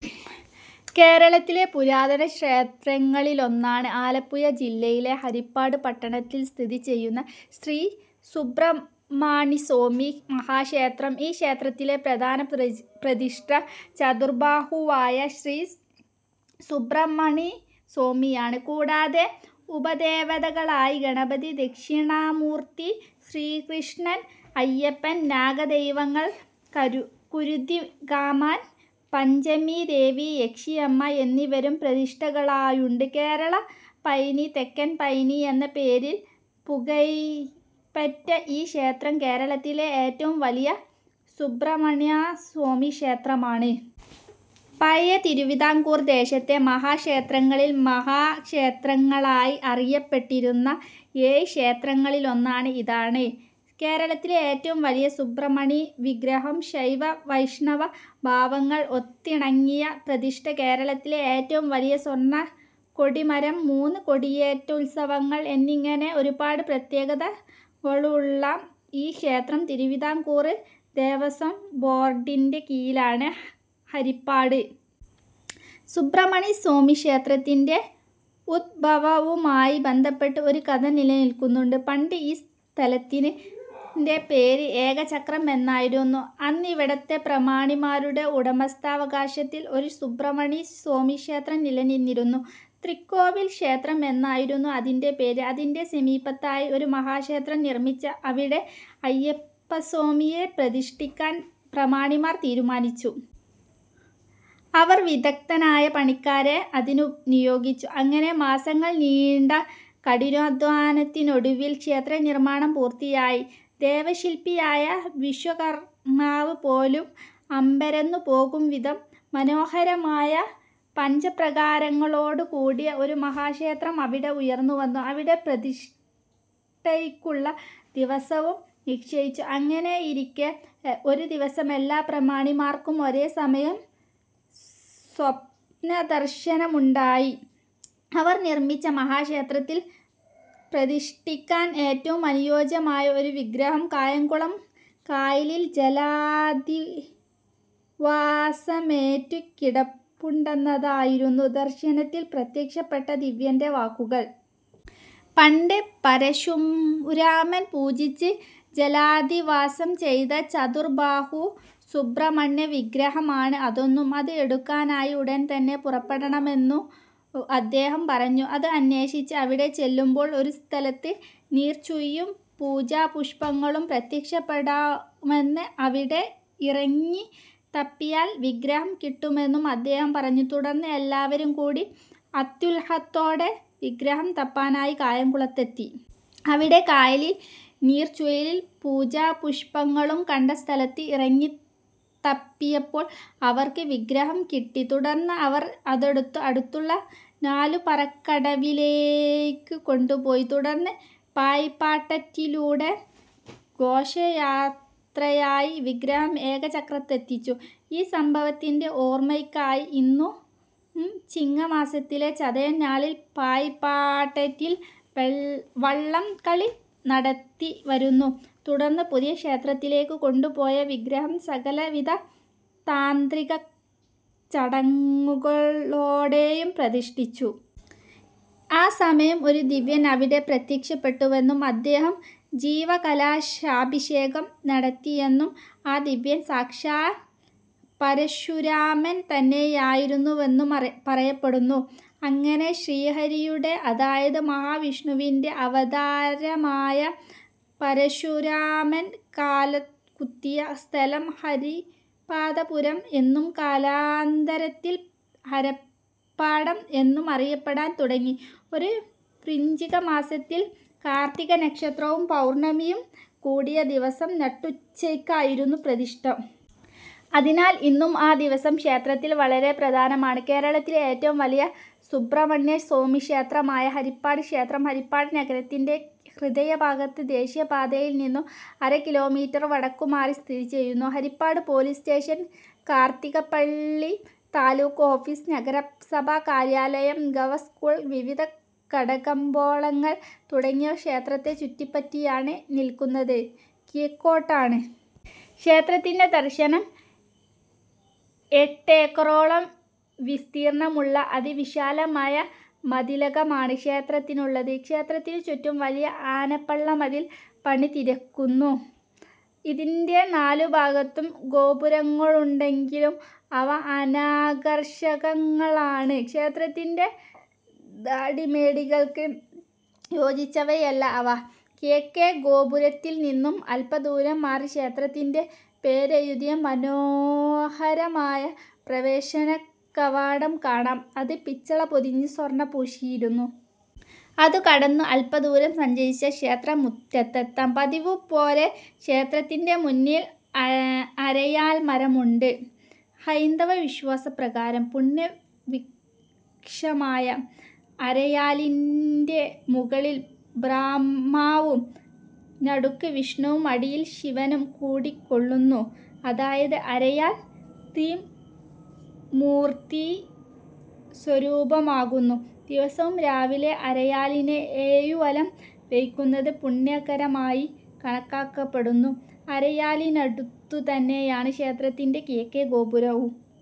കേരളത്തിലെ പുരാതന ക്ഷേത്രങ്ങളിലൊന്നാണ് ആലപ്പുഴ ജില്ലയിലെ ഹരിപ്പാട് പട്ടണത്തിൽ സ്ഥിതിചെയ്യുന്ന ശ്രീ സുബ്രഹ്മണ്യസ്വാമി മഹാക്ഷേത്രം. ഈ ക്ഷേത്രത്തിലെ പ്രധാന പ്രതിഷ്ഠ ചതുർബാഹുവായ ശ്രീ സുബ്രഹ്മണ്യസ്വാമിയാണ്. കൂടാതെ ഉപദേവതകളായി ഗണപതി, ദക്ഷിണാമൂർത്തി, ശ്രീകൃഷ്ണൻ, അയ്യപ്പൻ, നാഗദൈവങ്ങൾ, കുരുതികാമൻ, പഞ്ചമീദേവി, യക്ഷിയമ്മ എന്നിവരും പ്രതിഷ്ഠകളായുണ്ട്. കേരള പഴനി, തെക്കൻ പഴനി എന്ന പേരിൽ പുകഴ്പെറ്റ ഈ ക്ഷേത്രം കേരളത്തിലെ ഏറ്റവും വലിയ സുബ്രഹ്മണ്യസ്വാമിക്ഷേത്രമാണ്. പഴയ തിരുവിതാംകൂർ ദേശത്ത് മഹാക്ഷേത്രങ്ങളിൽ മഹാക്ഷേത്രങ്ങളായി അറിയപ്പെട്ടിരുന്ന ഏഴ് ക്ഷേത്രങ്ങളിലൊന്നാണ് ഇതാണ്. കേരളത്തിലെ ഏറ്റവും വലിയ സുബ്രഹ്മണി വിഗ്രഹം ഷൈവ വൈഷ്ണവ ഭാവങ്ങൾ, ഒത്തിണങ്ങിയ പ്രതിഷ്ഠ, കേരളത്തിലെ ഏറ്റവും വലിയ സ്വർണക്കൊടി മരം മൂന്ന് കൊടിയേറ്റുത്സവങ്ങൾ എന്നിങ്ങനെ ഒരുപാട് പ്രത്യേകതകളുള്ള ഈ ക്ഷേത്രം തിരുവിതാംകൂർ ദേവസ്വം ബോർഡിൻ്റെ കീഴിലാണ്. ഹരിപ്പാട് സുബ്രഹ്മണിസ്വാമിക്ഷേത്രത്തിൻ്റെ ഉദ്ഭവവുമായി ബന്ധപ്പെട്ട് ഒരു കഥ നിലനിൽക്കുന്നുണ്ട്. പണ്ട് ഈ സ്ഥലത്തിൻ്റെ പേര് ഏകചക്രം എന്നായിരുന്നു. അന്നിവിടത്തെ പ്രമാണിമാരുടെ ഉടമസ്ഥാവകാശത്തിൽ ഒരു സുബ്രഹ്മണിസ്വാമിക്ഷേത്രം നിലനിന്നിരുന്നു. തൃക്കോവിൽ ക്ഷേത്രം എന്നായിരുന്നു അതിൻ്റെ പേര്. അതിൻ്റെ സമീപത്തായി ഒരു മഹാക്ഷേത്രം നിർമ്മിച്ച് അവിടെ അയ്യപ്പസ്വാമിയെ പ്രതിഷ്ഠിക്കാൻ പ്രമാണിമാർ തീരുമാനിച്ചു. അവർ വിദഗ്ധരായ പണിക്കാരെ അതിന് നിയോഗിച്ചു. അങ്ങനെ മാസങ്ങൾ നീണ്ട കഠിനാധ്വാനത്തിനൊടുവിൽ ക്ഷേത്രനിർമ്മാണം പൂർത്തിയായി. ദേവശില്പിയായ വിശ്വകർമാവ് പോലും അമ്പരന്നുപോകുംവിധം മനോഹരമായ, പഞ്ചപ്രാകാരങ്ങളോടുകൂടിയ ഒരു മഹാക്ഷേത്രം അവിടെ ഉയർന്നുവന്നു. അവിടെ പ്രതിഷ്ഠയ്ക്കുള്ള ദിവസവും നിശ്ചയിച്ചു. അങ്ങനെയിരിക്കെ ഒരുദിവസം എല്ലാ പ്രമാണിമാർക്കും ഒരേ സമയം സ്വപ്നദർശനമുണ്ടായി. അവർ നിർമ്മിച്ച മഹാക്ഷേത്രത്തിൽ പ്രതിഷ്ഠിക്കാൻ ഏറ്റവും അനുയോജ്യമായ ഒരു വിഗ്രഹം കായംകുളം കായലിൽ ജലാധിവാസമേറ്റുകിടപ്പുണ്ടെന്നതായിരുന്നു ദർശനത്തിൽ പ്രത്യക്ഷപ്പെട്ട ദിവ്യൻ്റെ വാക്കുകൾ. പണ്ട് പരശുരാമൻ പൂജിച്ച് ജലാധിവാസം ചെയ്ത ചതുർബാഹു സുബ്രഹ്മണ്യവിഗ്രഹമാണ് അതൊന്നും അത് എടുക്കാനായി ഉടൻതന്നെ പുറപ്പെടണമെന്നും അദ്ദേഹം പറഞ്ഞു. അത് അന്വേഷിച്ച് അവിടെച്ചെല്ലുമ്പോൾ ഒരുസ്ഥലത്ത് നീർച്ചുഴിയും പൂജാപുഷ്പങ്ങളും പ്രത്യക്ഷപ്പെ ഗിമെന്ന് അവിടെ ഇറങ്ങിത്തപ്പിയാൽ വിഗ്രഹം കിട്ടുമെന്നും അദ്ദേഹം പറഞ്ഞു. തുടർന്ന് എല്ലാവരും കൂടി അത്യുൽഹത്തോടെ വിഗ്രഹം തപ്പാനായി കായംകുളത്തെത്തി. അവിടെ കായലിൽ നീർച്ചുഴിയും പൂജാപുഷ്പങ്ങളും കണ്ട സ്ഥലത്ത് ഇറങ്ങിത്തപ്പിയപ്പോൾ അവർക്ക് വിഗ്രഹം കിട്ടി. തുടർന്ന് അവർ അതെടുത്ത് അടുത്തുള്ള നാലുപറക്കടവിലേയ്ക്ക് കൊണ്ടുപോയി. തുടർന്ന് പായിപ്പാട്ടാറ്റിലൂടെ ഘോഷയാത്രയായി വിഗ്രഹം ഏകചക്രത്തെത്തിച്ചു. ഈ സംഭവത്തിൻ്റെ ഓർമയ്ക്കായി ഇന്നും ചിങ്ങമാസത്തിലെ ചതയം നാളിൽ പായിപ്പാട്ടാറ്റിൽ വള്ളംകളി നടത്തിവരുന്നു. തുടർന്ന് പുതിയ ക്ഷേത്രത്തിലേക്ക് കൊണ്ടുപോയ വിഗ്രഹം സകലവിധ താന്ത്രികച്ചടങ്ങുകളോടെയും പ്രതിഷ്ഠിച്ചു. ആ സമയത്ത് ഒരു ദിവ്യൻ അവിടെ പ്രത്യക്ഷപ്പെട്ടുവെന്നും അദ്ദേഹം ജീവകലശാഭിഷേകം നടത്തിയെന്നും ആ ദിവ്യൻ സാക്ഷാൽ പരശുരാമൻ തന്നെയായിരുന്നുവെന്നും പറയപ്പെടുന്നു. അങ്ങനെ ശ്രീഹരിയുടെ, അതായത് മഹാവിഷ്ണുവിൻ്റെ അവതാരമായ പരശുരാമൻ കാലുകുത്തിയ സ്ഥലം ഹരിപ്പാദപുരം എന്നും കാലാന്തരത്തിൽ ഹരപ്പാടം എന്നും അറിയപ്പെടാൻ തുടങ്ങി. ഒരു വൃഞ്ചികമാസത്തിൽ കാർത്തിക നക്ഷത്രവും പൗർണമിയും കൂടിയ ദിവസം നട്ടുച്ചയ്ക്കായിരുന്നു പ്രതിഷ്ഠ. അതിനാൽ ഇന്നും ആ ദിവസം ക്ഷേത്രത്തിൽ വളരെ പ്രധാനമാണ്. കേരളത്തിലെ ഏറ്റവും വലിയ സുബ്രഹ്മണ്യസ്വാമിക്ഷേത്രമായ ഹരിപ്പാട് ക്ഷേത്രം ഹരിപ്പാട് നഗരത്തിൻ്റെ ഹൃദയഭാഗത്ത് ദേശീയപാതയിൽ നിന്ന് അര കിലോമീറ്റർ വടക്കുമാറി സ്ഥിതിചെയ്യുന്നു. Haripad police station, Karthikappally taluk office, നഗരസഭാ കാര്യാലയം, ഗവ. സ്കൂൾ, വിവിധ കടകമ്പോളങ്ങൾ തുടങ്ങിയവ ക്ഷേത്രത്തെ ചുറ്റിപ്പറ്റിയാണ് നിൽക്കുന്നത്. കിഴക്കോട്ടാണ് ക്ഷേത്രത്തിൻ്റെ ദർശനം. എട്ടേക്കറോളം വിസ്തീർണമുള്ള അതിവിശാലമായ മതിലകമാണ് ക്ഷേത്രത്തിനുള്ളത്. ക്ഷേത്രത്തിനുചുറ്റും വലിയ ആനപ്പള്ളമതിൽ പണിതിരിക്കുന്നു. ഇതിൻ്റെ നാലുഭാഗത്തും ഗോപുരങ്ങളുണ്ടെങ്കിലും അവ അനാകർഷകങ്ങളാണ്. ക്ഷേത്രത്തിൻ്റെ ധാടി മേടികൾക്ക് യോജിച്ചവയല്ല അവ. കിഴക്കേ ഗോപുരത്തിൽ നിന്ന് അല്പദൂരം മാറി ക്ഷേത്രത്തിൻ്റെ പേരെഴുതിയ മനോഹരമായ പ്രവേശനകവാടം കാണാം. അത് പിച്ചള പൊതിഞ്ഞ് സ്വർണം പൂശിയിരുന്നു. അത് കടന്ന് അല്പദൂരം സഞ്ചരിച്ചാൽ ക്ഷേത്രമുറ്റത്തെത്താം. പതിവുപോലെ ക്ഷേത്രത്തിൻ്റെ മുന്നിൽ അരയാൽമരമുണ്ട്. ഹൈന്ദവവിശ്വാസപ്രകാരം പുണ്യവൃക്ഷമായ അരയാലിൻ്റെ മുകളിൽ ബ്രഹ്മാവും നടുക്ക് വിഷ്ണുവും അടിയിൽ ശിവനും കുടികൊള്ളുന്നു. അതായത് അരയാൽ ത്രിമൂർത്തീസ്വരൂപമാകുന്നു. ദിവസവും രാവിലെ അരയാലിനെ ഏഴുവലം വയ്ക്കുന്നത് പുണ്യകരമായി കണക്കാക്കപ്പെടുന്നു. അരയാലിനടുത്തുതന്നെയാണ് ക്ഷേത്രത്തിൻ്റെ കിഴക്കേ ഗോപുരവും.